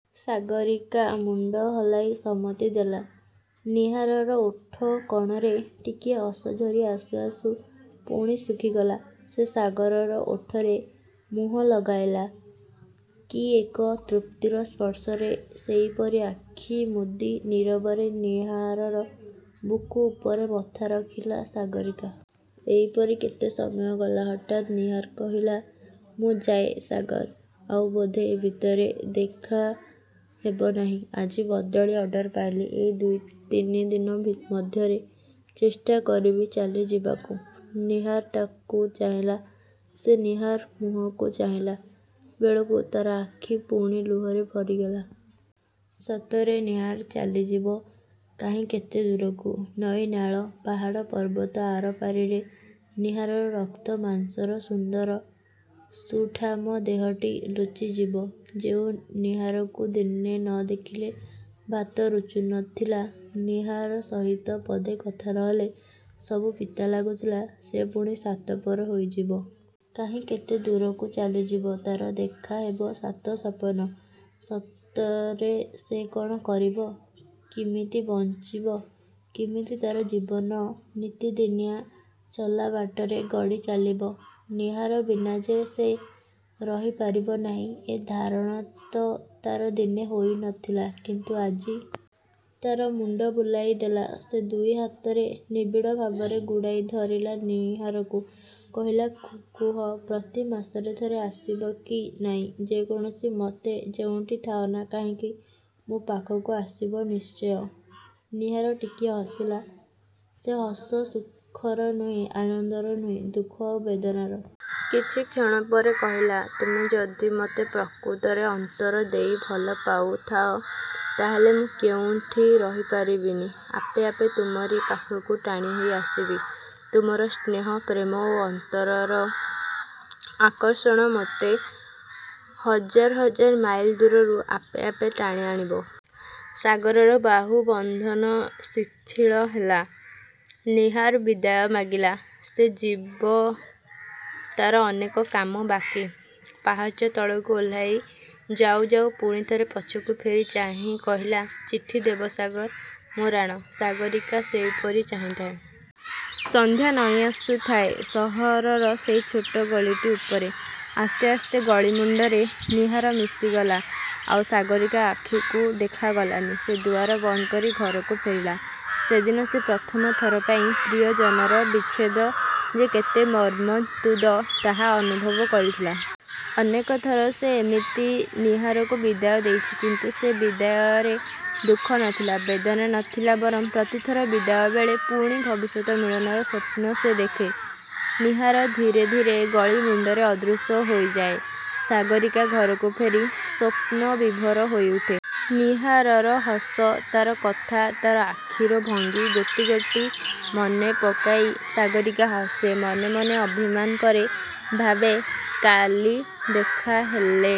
'' ସାଗରୀକା ମୁଣ୍ଡ ହଲାଇ ସମ୍ମତି ଦେଲା। ନୀହାରର ଓଠ କଣରେ ଟିକିଏ ହସ ଝରି ଆସୁ ଆସୁ ପୁଣି ଶୁଖିଗଲା। ସେ ସାଗରର ଓଠରେ ମୁହଁ ଲଗାଇଲା। କି ଏକ ତୃପ୍ତିର ସ୍ପର୍ଶରେ ସେଇପରି ଆଖି ମୁଦି ନୀରବରେ ନୀହାରର ବୁକୁ ଉପରେ ମଥା ରଖିଲା ସାଗରୀକା। ଏଇପରି କେତେ ସମୟ ଗଲା। ହଠାତ୍ ନୀହାର କହିଲା–''ମୁଁ ଯାଏ ସାଗର। ଆଉ ବୋଧେ ଏ ଭିତରେ ଦେଖା ହେବନାହିଁ। ଆଜି ବଦଳି ଅର୍ଡ଼ର ପାଇଲି। ଏଇ ଦୁଇ ତିନି ଦିନ ମଧ୍ୟରେ ଚେଷ୍ଟା କରିବି ଚାଲି ଯିବାକୁ। '' ନୀହାର ତାକୁ ଚାହିଁଲା। ସେ ନୀହାର ମୁହଁକୁ ଚାହିଁଲା ବେଳକୁ ତା'ର ଆଖି ପୁଣି ଲୁହରେ ଭରିଗଲା। ସତରେ ନୀହାର ଚାଲିଯିବ। କାହିଁ କେତେ ଦୂରକୁ। ନଈ ନାଳ, ପାହାଡ଼ ପର୍ବତ ଆର ପାରିରେ ନୀହାରର ରକ୍ତ ମାଂସର ସୁନ୍ଦର ସୁଠାମ ଦେହଟି ଲୁଚିଯିବ। ଯେଉଁ ନୀହାରକୁ ଦିନେ ନ ଦେଖିଲେ ଭାତ ରୁଚୁ ନଥିଲା, ନୀହାର ସହିତ ପଦେ କଥା ନ ହେଲେ ସବୁ ପିତା ଲାଗୁଥିଲା; ସେ ପୁଣି ସାତ ପର ହୋଇଯିବ। କାହିଁ କେତେ ଦୂରକୁ ଚାଲିଯିବ। ତା'ର ଦେଖାହେବ ସାତ-ସପନ। ସତରେ ସେ କ'ଣ କରିବ? କିମିତି ବଞ୍ଚିବ? କିମିତି ତା'ର ଜୀବନ ନିତିଦିନିଆଁ ଚଲାବାଟରେ ଗଡ଼ି ଚାଲିବ? ନୀହାର ବିନା ଯେ ସେ ରହିପାରିବ ନାହିଁ; ଏ ଧାରଣା ତ ତା'ର ଦିନେ ହୋଇନଥିଲା। କିନ୍ତୁ ଆଜି? ତା'ର ମୁଣ୍ଡ ବୁଲାଇ ଦେଲା। ସେ ଦୁଇ ହାତରେ ନିବିଡ଼ ଭାବରେ ଗୁଡ଼ାଇ ଧରିଲା ନୀହାରକୁ। କହିଲା–''କୁହ–ପ୍ରତି ମାସରେ ଥରେ ଆସିବ କି ନାଇଁ। ଯେକୌଣସି ମତେ, ଯେଉଁଠି ଥାଅ ନା କାହିଁକି ମୋ ପାଖକୁ ଆସିବ–ନିଶ୍ଚୟ। '' ନୀହାର ଟିକିଏ ହସିଲା। ସେ ହସ ସୁଖର ନୁହଁ; ଆନନ୍ଦର ନୁହଁ–ଦୁଃଖ ଆଉ ବେଦନାର। କିଛି କ୍ଷଣ ପରେ କହିଲା–''ତୁମେ ଯଦି ମୋତେ ପ୍ରକୃତରେ ଅନ୍ତର ଦେଇ ଭଲ ପାଉଥାଅ–ତା'ହେଲେ ମୁଁ କେଉଁଠି ରହିପାରିବିନି। ଆପେ ଆପେ ତୁମରି ପାଖକୁ ଟାଣିହୋଇ ଆସିବି। ତୁମର ସ୍ନେହ, ପ୍ରେମ ଓ ଅନ୍ତରର ଆକର୍ଷଣ ମୋତେ ହଜାର ହଜାର ମାଇଲ ଦୂରରୁ ଆପେ ଆପେ ଟାଣି ଆଣିବ। '' ସାଗରର ବାହୁ ବନ୍ଧନ ଶିଥିଳ ହେଲା। ନୀହାର ବିଦାୟ ମାଗିଲା। ସେ ଯିବ। ତା'ର ଅନେକ କାମ ବାକି। ପାହାଚ ତଳକୁ ଓହ୍ଲାଇ ଯାଉ ଯାଉ ପୁଣି ଥରେ ପଛକୁ ଫେରି ଚାହିଁ କହିଲା–''ଚିଠି ଦେବ ସାଗର–ମୋ ରାଣ। '' ସାଗରୀକା ସେଇପରି ଚାହିଁଥାଏ। ସନ୍ଧ୍ୟା ନଇଁ ଆସୁଥାଏ ସହରର ସେଇ ଛୋଟ ଗଳିଟି ଉପରେ। ଆସ୍ତେ ଆସ୍ତେ ଗଳି ମୁଣ୍ଡରେ ନୀହାର ମିଶିଗଲା। ଆଉ ସାଗରୀକା ଆଖିକୁ ଦେଖା ଗଲାନି। ସେ ଦୁଆର ବନ୍ଦ କରି ଘରକୁ ଫେରିଲା। ସେଦିନ ସେ ପ୍ରଥମ ଥର ପାଇଁ ପ୍ରିୟଜନର ବିଚ୍ଛେଦ ଯେ କେତେ ମର୍ମନ୍ତୁଦ ତାହା ଅନୁଭବ କରିଥିଲା। ଅନେକଥର ସେ ଏମିତି ନୀହାରକୁ ବିଦାୟ ଦେଇଛି। କିନ୍ତୁ ସେ ବିଦାୟରେ ଦୁଃଖ ନଥିଲା, ବେଦନା ନଥିଲା। ବରଂ ପ୍ରତିଥର ବିଦାୟ ବେଳେ ପୁଣି ଭବିଷ୍ୟତ ମିଳନର ସ୍ୱପ୍ନ ସେ ଦେଖେ। ନୀହାର ଧୀରେ ଧୀରେ ଗଳି ମୁଣ୍ଡରେ ଅଦୃଶ୍ୟ ହୋଇଯାଏ। ସାଗରୀକା ଘରକୁ ଫେରି ସ୍ୱପ୍ନ-ବିଭୋର ହୋଇ ଉଠେ। ନୀହାରର ହସ, ତା'ର କଥା, ତା'ର ଆଖିର ଭଙ୍ଗୀ ଗୋଟି ଗୋଟି ମନେପକାଇ ସାଗରୀକା ହସେ; ମନେମନେ ଅଭିମାନ କରେ। ଭାବେ–''କାଲି ଦେଖାହେଲେ